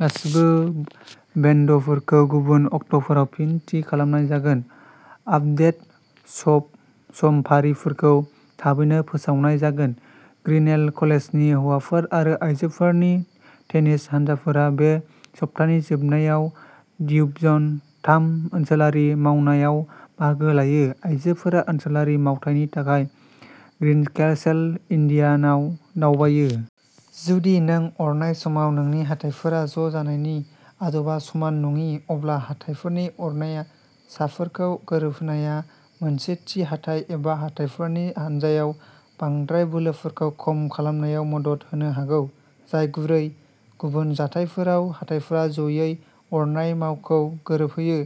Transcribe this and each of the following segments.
गासैबो बेन्डफोरखौ गुबुन अक्ट'फोराव फिन थि खालामनाय जागोन, आपडेटेड समफारिफोरखौ थाबैनो फोसावनाय जागोन। ग्रिनेल कलेजनि हौवाफोर आरो आयजोफोरनि टेनिस हानजाफोरा बे सप्तानि जोबनायाव डिवीजन थाम ओनसोलारि मावनायाव बाहागो लायो। आयजोफोरा ओनसोलारि मावथायनि थाखाय ग्रीनकेसल, इन्डियानायाव दावबायो। जुदि नों अरनाय समाव नोंनि हाथाइफोरा ज'जानायनि आदबा समान नङि, अब्ला हाथाइफोरनि अरनाय साफोरखौ गोरोबहोनाया मोनसे थि हाथाइ एबा हाथाइफोरनि हानजायाव बांद्राय बोलोफोरखौ खम खालामनायाव मदद होनो हागौ जाय गुरै। गुबुन जाथायफोराव, हाथाइफोरा ज'यै अरनाय मावखौ गोरोबहोयो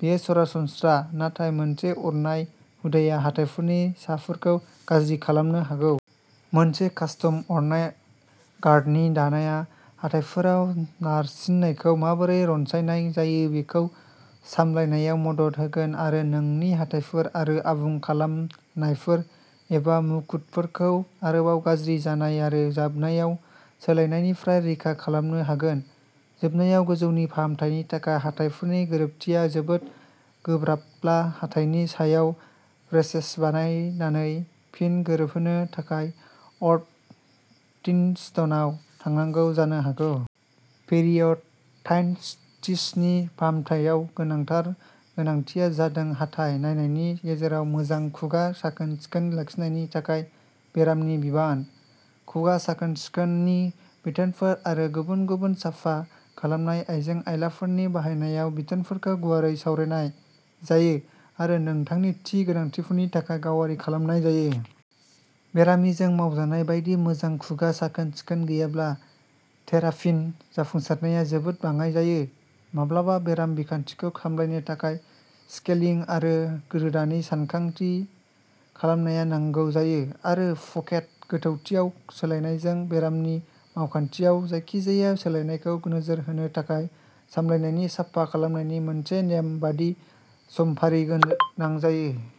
बेयो सरासनस्रा, नाथाय मोनसे अरनाय हुदाया हाथाइफोरनि साफोरखौ गाज्रि खालामनो हागौ। मोनसे कास्टम अरनाय गार्डनि दानायआ हाथाइफोराव नारसिननायखौ माबोरै रानसारनाय जायो बेखौ सामलायनायाव मदद होगोन आरो नोंनि हाथाइफोर आरो आबुं खालामनायफोर एबा मुकुटफोरखौ आरोबाव गाज्रि जानाय आरो जोबनायाव सोलायनायनिफ्राय रैखा खालामनो हागोन। जोबनायाव, गोजौनि फाहामथायनि थाखाय हाथाइफोरनि गोरोबथिया जोबोद गोब्राबब्ला, हाथाइनि सायाव ब्रेसेस बाहायनानै फिन गोरोबहोनो थाखाय अर्थडन्टिस्टनाव थांनांगौ जानो हागौ। पेरियडन्टाइटिसनि फाहामथायाव गोनांथार गोनांथिया जादों हाथाइ नायनायनि गेजेराव मोजां खुगा साखोन-सिखोन लाखिनायनि थाखाय बेरामिनि बिबान। खुगा साखोन-सिखोननि बिथोनफोर आरो गुबुन गुबुन साफा खालामनाय आइजें-आइलाफोरनि बाहायनायाव बिथोनफोरखौ गुवारै सावरायनाय जायो आरो नोंथांनि थि गोनांथिफोरनि थाखाय गावारि खालामनाय जायो। बेरामिजों मावजानाय बायदि मोजां खुगा साखोन-सिखोन गैयाब्ला, थेरापिनि जाफुंसारनाया जोबोद बाङाइ जायो। माब्लाबा, बेराम बिखान्थिखौ सामलायनो थाखाय स्केलिं आरो रोदानि सानथांखि खालामनाया नांगौ जायो, आरो पकेट गोथौथियाव सोलायनायजों बेरामनि मावखान्थियाव जायखिजाया सोलायनायखौ नोजोर होनो थाखाय सामलायनायनि साफा खालामनायनि मोनसे नेमबादि समफारि गोनां जायो।